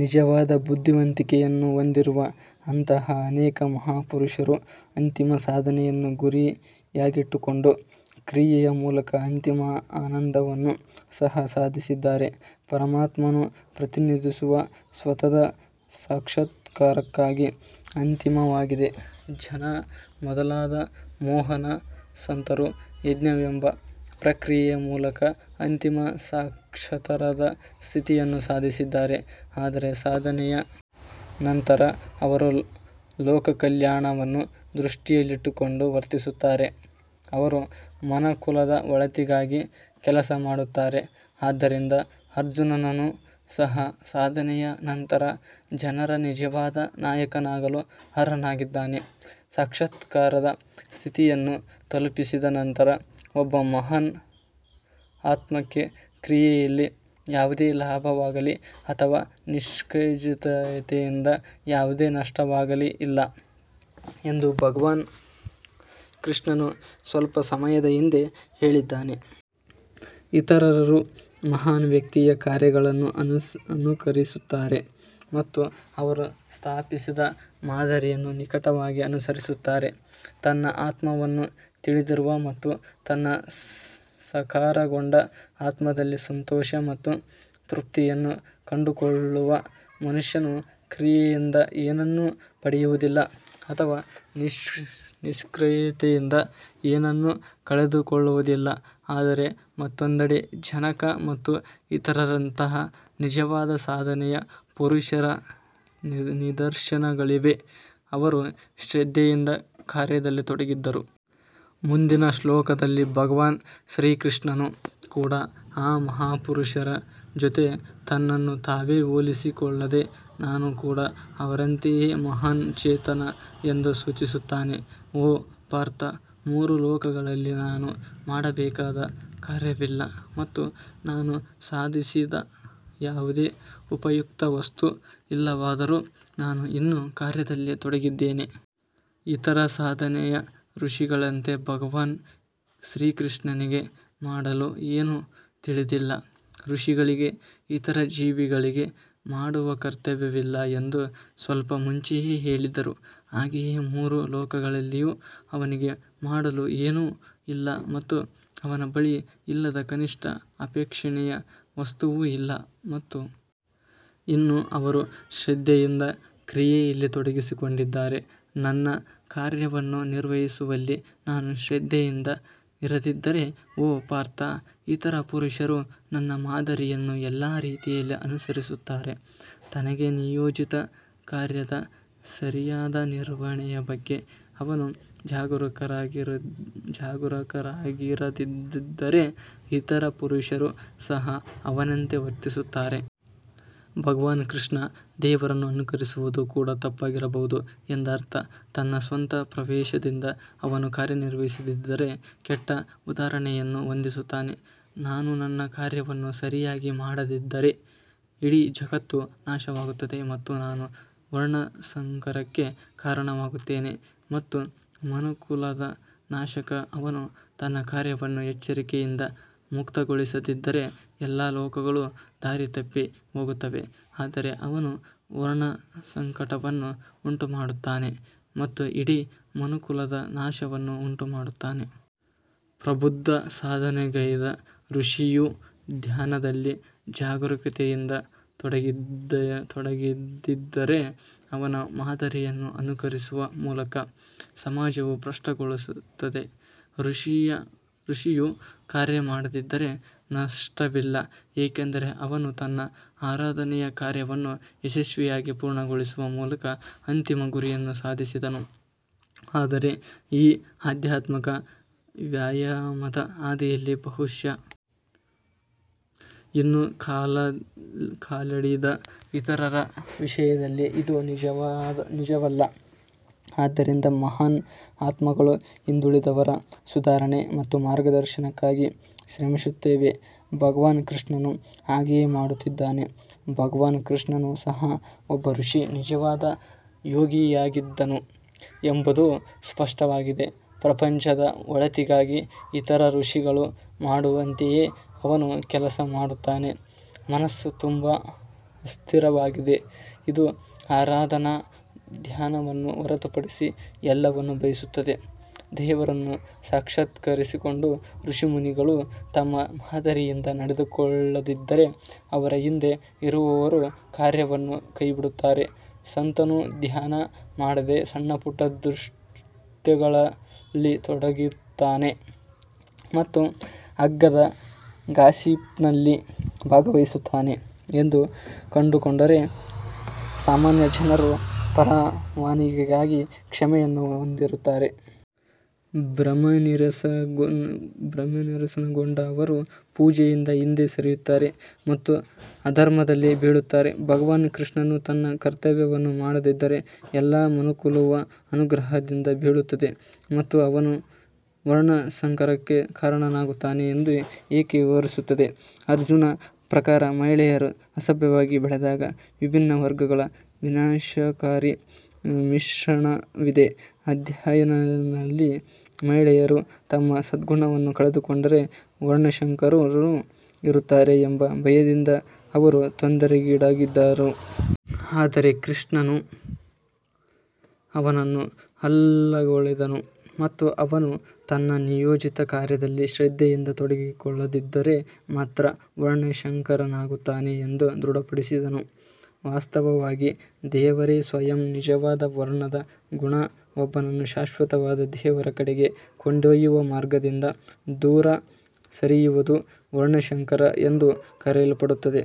ನಿಜವಾದ ಬುದ್ಧಿವಂತಿಕೆಯನ್ನು ಹೊಂದಿರುವ ಅಂತಹ ಅನೇಕ ಮಹಾಪುರುಷರು ಅಂತಿಮ ಸಾಧನೆಯನ್ನು ಗುರಿಯಾಗಿಟ್ಟುಕೊಂಡು ಕ್ರಿಯೆಯ ಮೂಲಕ ಅಂತಿಮ ಆನಂದವನ್ನು ಸಹ ಸಾಧಿಸಿದ್ದಾರೆ. ಪರಮಾತ್ಮನು ಪ್ರತಿನಿಧಿಸುವ ಸತ್ವದ ಸಾಕ್ಷಾತ್ಕಾರಕ್ಕಾಗಿ ಅಂತಿಮವಾಗಿದೆ ಜನಕ ಮೊದಲಾದ ಮಹಾನ್ ಸಂತರು ಯಜ್ಞವೆಂಬ ಕ್ರಿಯೆಯ ಮೂಲಕ ಅಂತಿಮ ಸಾಕ್ಷಾತ್ಕಾರದ ಸ್ಥಿತಿಯನ್ನು ಸಾಧಿಸಿದ್ದಾರೆ. ಆದರೆ ಸಾಧನೆಯ ನಂತರ ಅವರು ಲೋಕಕಲ್ಯಾಣವನ್ನು ದೃಷ್ಟಿಯಲ್ಲಿಟ್ಟುಕೊಂಡು ವರ್ತಿಸುತ್ತಾರೆ ಅವರು ಮನುಕುಲದ ಒಳಿತಿಗಾಗಿ ಕೆಲಸ ಮಾಡುತ್ತಾರೆ ಆದ್ದರಿಂದ ಅರ್ಜುನನು ಸಹ ಸಾಧನೆಯ ನಂತರ ಜನರ ನಿಜವಾದ ನಾಯಕನಾಗಲು ಅರ್ಹನಾಗಿದ್ದಾನೆ ಸಾಕ್ಷಾತ್ಕಾರದ ಸ್ಥಿತಿಯನ್ನು ತಲುಪಿದ ನಂತರ ಒಬ್ಬ ಮಹಾನ್ ಆತ್ಮಕ್ಕೆ ಕ್ರಿಯೆಯಲ್ಲಿ ಯಾವುದೇ ಲಾಭವಾಗಲೀ ಅಥವಾ ನಿಷ್ಕ್ರಿಯತೆಯಿಂದ ಯಾವುದೇ ನಷ್ಟವಾಗಲೀ ಇಲ್ಲ ಎಂದು ಭಗವಾನ್ ಕೃಷ್ಣನು ಸ್ವಲ್ಪ ಸಮಯದ ಹಿಂದೆ ಹೇಳಿದ್ದಾನೆ. ಇತರರು ಮಹಾನ್ ವ್ಯಕ್ತಿಯ ಕಾರ್ಯಗಳನ್ನು ಅನುಕರಿಸುತ್ತಾರೆ ಮತ್ತು ಅವರು ಸ್ಥಾಪಿಸಿದ ಮಾದರಿಯನ್ನು ನಿಕಟವಾಗಿ ಅನುಸರಿಸುತ್ತಾರೆ ತನ್ನ ಆತ್ಮವನ್ನು ತಿಳಿದಿರುವ ಮತ್ತು ತನ್ನ ಸಾಕಾರಗೊಂಡ ಆತ್ಮದಲ್ಲಿ ಸಂತೋಷ ಮತ್ತು ತೃಪ್ತಿಯನ್ನು ಕಂಡುಕೊಳ್ಳುವ ಮನುಷ್ಯನು ಕ್ರಿಯೆಯಿಂದ ಏನನ್ನೂ ಪಡೆಯುವುದಿಲ್ಲ ಅಥವಾ ನಿಷ್ಕ್ರಿಯತೆಯಿಂದ ಏನನ್ನೂ ಕಳೆದುಕೊಳ್ಳುವುದಿಲ್ಲ. ಆದರೆ ಮತ್ತೊಂದೆಡೆ, ಜನಕ ಮತ್ತು ಇತರರಂತಹ ನಿಜವಾದ ಸಾಧನೆಯ ಪುರುಷರ ನಿದರ್ಶನಗಳಿವೆ, ಅವರು ಶ್ರದ್ಧೆಯಿಂದ ಕಾರ್ಯದಲ್ಲಿ ತೊಡಗಿದ್ದರು. ಮುಂದಿನ ಶ್ಲೋಕದಲ್ಲಿ ಭಗವಾನ್ ಶ್ರೀಕೃಷ್ಣನು ಕೂಡ ಆ ಮಹಾಪುರುಷರ ಜೊತೆ ತನ್ನನ್ನು ತಾವೇ ಹೋಲಿಸಿಕೊಳ್ಳದೆ ನಾನು ಕೂಡ ಅವರಂತೆಯೇ ಮಹಾನ್ ಚೇತನ ಎಂದು ಸೂಚಿಸುತ್ತಾನೆ. ಓ ಪಾರ್ಥ್ ಮೂರು ಲೋಕಗಳಲ್ಲಿ ನಾನು ಮಾಡಬೇಕಾದ ಕಾರ್ಯವಿಲ್ಲ ಮತ್ತು ನಾನು ಸಾಧಿಸದ ಯಾವುದೇ ಉಪಯುಕ್ತ ವಸ್ತು ಇಲ್ಲವಾದರೂ ನಾನು ಇನ್ನೂ ಕಾರ್ಯದಲ್ಲಿ ತೊಡಗಿದ್ದೇನೆ. ಇತರ ಸಾಧನೆಯ ಋಷಿಗಳಂತೆ ಭಗವಾನ್ ಶ್ರೀಕೃಷ್ಣನಿಗೆ ಮಾಡಲು ಏನೂ ಉಳಿದಿಲ್ಲ ಋಷಿಗಳಿಗೆ ಇತರ ಜೀವಿಗಳಿಗೆ ಮಾಡುವ ಕರ್ತವ್ಯವಿಲ್ಲ ಎಂದು ಸ್ವಲ್ಪ ಮುಂಚೆಯೇ ಹೇಳಿದರು ಹಾಗೆಯೇ ಮೂರು ಲೋಕಗಳಲ್ಲಿಯೂ ಅವನಿಗೆ ಮಾಡಲು ಏನೂ ಇಲ್ಲ ಮತ್ತು ಅವನ ಬಳಿ ಇಲ್ಲದ ಕನಿಷ್ಠ ಅಪೇಕ್ಷಣೀಯ ವಸ್ತುವೂ ಇಲ್ಲ. ಮತ್ತು ಇನ್ನೂ ಅವರು ಶ್ರದ್ಧೆಯಿಂದ ಕ್ರಿಯೆಯಲ್ಲಿ ತೊಡಗಿಸಿಕೊಂಡಿದ್ದಾರೆ ನನ್ನ ಕಾರ್ಯವನ್ನು ನಿರ್ವಹಿಸುವಲ್ಲಿ ನಾನು ಶ್ರದ್ಧೆಯಿಂದ ಇರದಿದ್ದರೆ ಓ ಪಾರ್ಥ್ ಇತರ ಪುರುಷರು ನನ್ನ ಮಾದರಿಯನ್ನು ಎಲ್ಲಾ ರೀತಿಯಲ್ಲಿ ಅನುಸರಿಸುತ್ತಾರೆ ತನಗೆ ನಿಯೋಜಿತ ಕಾರ್ಯದ ಸರಿಯಾದ ನಿರ್ವಹಣೆಯ ಬಗ್ಗೆ ಅವನು ಜಾಗರೂಕರಾಗಿರದಿದ್ದರೆ ಇತರ ಪುರುಷರು ಸಹ ಅವನಂತೆ ವರ್ತಿಸುತ್ತಾರೆ ಭಗವಾನ್ ಕೃಷ್ಣ ದೇವರನ್ನು ಅನುಕರಿಸುವುದು ಕೂಡ ತಪ್ಪಾಗಿರಬಹುದು ಎಂದರ್ಥ ತನ್ನ ಸ್ವಂತ ಪ್ರವೇಶದಿಂದ ಅವನು ಕಾರ್ಯನಿರ್ವಹಿಸದಿದ್ದರೆ ಕೆಟ್ಟ ಉದಾಹರಣೆಯನ್ನು ಹೊಂದಿಸುತ್ತಾನೆ ನಾನು ನನ್ನ ಕಾರ್ಯವನ್ನು ಸರಿಯಾಗಿ ಮಾಡದಿದ್ದರೆ ಇಡೀ ಜಗತ್ತು ನಾಶವಾಗುತ್ತದೆ ಮತ್ತು ನಾನು ವರ್ಣಸಂಕರಕ್ಕೆ ಕಾರಣವಾಗುತ್ತೇನೆ ಮತ್ತು ಮನುಕುಲದ ನಾಶಕ ಅವನು ತನ್ನ ಕಾರ್ಯವನ್ನು ಎಚ್ಚರಿಕೆಯಿಂದ ಮುಕ್ತಗೊಳಿಸದಿದ್ದರೆ, ಎಲ್ಲಾ ಲೋಕಗಳು ದಾರಿತಪ್ಪಿ ಹೋಗುತ್ತವೆ, ಆದರೆ ಅವನು ವರ್ಣಸಂಕಟವನ್ನು ಉಂಟುಮಾಡುತ್ತಾನೆ ಮತ್ತು ಇಡೀ ಮನುಕುಲದ ನಾಶವನ್ನು ಉಂಟುಮಾಡುತ್ತಾನೆ. ಪ್ರಬುದ್ಧ ಸಾಧನೆಗೈದ ಋಷಿಯು ಧ್ಯಾನದಲ್ಲಿ ಜಾಗರೂಕತೆಯಿಂದ ತೊಡಗದಿದ್ದರೆ ಅವನ ಮಾದರಿಯನ್ನು ಅನುಕರಿಸುವ ಮೂಲಕ ಸಮಾಜವು ಭ್ರಷ್ಟಗೊಳ್ಳುತ್ತದೆ. ಋಷಿಯು ಕಾರ್ಯ ಮಾಡದಿದ್ದರೆ ನಷ್ಟವಿಲ್ಲ ಏಕೆಂದರೆ ಅವನು ತನ್ನ ಆರಾಧನೆಯ ಕಾರ್ಯವನ್ನು ಯಶಸ್ವಿಯಾಗಿ ಪೂರ್ಣಗೊಳಿಸುವ ಮೂಲಕ ಅಂತಿಮ ಗುರಿಯನ್ನು ಸಾಧಿಸಿದನು. ಆದರೆ ಈ ಆಧ್ಯಾತ್ಮಿಕ ವ್ಯಾಯಾಮದ ಹಾದಿಯಲ್ಲಿ ಬಹುಶಃ ಇನ್ನೂ ಕಾಲಿಡದ ಇತರರ ವಿಷಯದಲ್ಲಿ ಇದು ನಿಜವಲ್ಲ ಆದ್ದರಿಂದ ಮಹಾನ್ ಆತ್ಮಗಳು ಹಿಂದುಳಿದವರ ಸುಧಾರಣೆ ಮತ್ತು ಮಾರ್ಗದರ್ಶನಕ್ಕಾಗಿ ಶ್ರಮಿಸುತ್ತವೆ ಭಗವಾನ್ ಕೃಷ್ಣನು ಹಾಗೆಯೇ ಮಾಡುತ್ತಿದ್ದಾನೆ ಭಗವಾನ್ ಕೃಷ್ಣನು ಸಹ ಒಬ್ಬ ಋಷಿ ನಿಜವಾದ ಯೋಗಿಯಾಗಿದ್ದನು ಎಂಬುದು ಸ್ಪಷ್ಟವಾಗಿದೆ ಪ್ರಪಂಚದ ಒಳಿತಿಗಾಗಿ ಇತರ ಋಷಿಗಳು ಮಾಡುವಂತೆಯೇ ಅವನು ಕೆಲಸ ಮಾಡುತ್ತಾನೆ ಮನಸ್ಸು ತುಂಬಾ ಅಸ್ಥಿರವಾಗಿದೆ ಇದು ಆರಾಧನಾ ಧ್ಯಾನವನ್ನು ಹೊರತುಪಡಿಸಿ ಎಲ್ಲವನ್ನೂ ಬಯಸುತ್ತದೆ ದೇವರನ್ನು ಸಾಕ್ಷಾತ್ಕರಿಸಿಕೊಂಡ ಋಷಿಮುನಿಗಳು ತಮ್ಮ ಮಾದರಿಯಿಂದ ನಡೆದುಕೊಳ್ಳದಿದ್ದರೆ ಅವರ ಹಿಂದೆ ಇರುವವರೂ ಕಾರ್ಯವನ್ನು ಕೈಬಿಡುತ್ತಾರೆ ಸಂತನು ಧ್ಯಾನ ಮಾಡದೆ ಸಣ್ಣಪುಟ್ಟ ದುಷ್ಕೃತ್ಯಗಳಲ್ಲಿ ತೊಡಗುತ್ತಾನೆ ಮತ್ತು ಅಗ್ಗದ ಗಾಸಿಪ್ನಲ್ಲಿ ಭಾಗವಹಿಸುತ್ತಾನೆ ಎಂದು ಕಂಡುಕೊಂಡರೆ ಸಾಮಾನ್ಯ ಜನರು ಪರವಾನಗಿಗಾಗಿ ಕ್ಷಮೆಯನ್ನು ಹೊಂದಿರುತ್ತಾರೆ. ಭ್ರಮನಿರಸನಗೊಂಡ ಅವರು ಪೂಜೆಯಿಂದ ಹಿಂದೆ ಸರಿಯುತ್ತಾರೆ ಮತ್ತು ಅಧರ್ಮದಲ್ಲಿ ಬೀಳುತ್ತಾರೆ ಭಗವಾನ್ ಕೃಷ್ಣನು ತನ್ನ ಕರ್ತವ್ಯವನ್ನು ಮಾಡದಿದ್ದರೆ ಎಲ್ಲಾ ಮಾನವಕುಲವು ಅನುಗ್ರಹದಿಂದ ಬೀಳುತ್ತದೆ ಮತ್ತು ಅವನು ವರ್ಣಸಂಕರಕ್ಕೆ ಕಾರಣನಾಗುತ್ತಾನೆ ಎಂದು ಏಕೆ ವಿವರಿಸುತ್ತದೆ. ಅರ್ಜುನ್ ಪ್ರಕಾರ, ಮಹಿಳೆಯರು ಅಸಭ್ಯವಾಗಿ ಬೆಳೆದಾಗ ವಿಭಿನ್ನ ವರ್ಗಗಳ ವಿನಾಶಕಾರಿ ಮಿಶ್ರಣವಿದೆ ಅಧ್ಯಾಯ ನಲ್ಲಿ ಮಹಿಳೆಯರು ತಮ್ಮ ಸದ್ಗುಣವನ್ನು ಕಳೆದುಕೊಂಡರೆ ವರ್ಣಶಂಕರರು ಇರುತ್ತಾರೆ ಎಂಬ ಭಯದಿಂದ ಅವರು ತೊಂದರೆಗೀಡಾದರು. ಆದರೆ ಶ್ರೀಕೃಷ್ಣನು ಅವನನ್ನು ಅಲ್ಲಗಳೆದನು ಮತ್ತು ಅವನು ತನ್ನ ನಿಯೋಜಿತ ಕಾರ್ಯದಲ್ಲಿ ಶ್ರದ್ಧೆಯಿಂದ ತೊಡಗಿಸಿಕೊಳ್ಳದಿದ್ದರೆ ಮಾತ್ರ ವರ್ಣಶಂಕರನಾಗುತ್ತಾನೆ ಎಂದು ದೃಢಪಡಿಸಿದನು. ವಾಸ್ತವವಾಗಿ ದೇವರೇ ಸ್ವಯಂ ನಿಜವಾದ ವರ್ಣದ ಗುಣ ಒಬ್ಬನನ್ನು ಶಾಶ್ವತವಾದ ದೇವರ ಕಡೆಗೆ ಕೊಂಡೊಯ್ಯುವ ಮಾರ್ಗದಿಂದ ದೂರ ಸರಿಯುವುದು ವರ್ಣಶಂಕರ ಎಂದು ಕರೆಯಲ್ಪಡುತ್ತದೆ.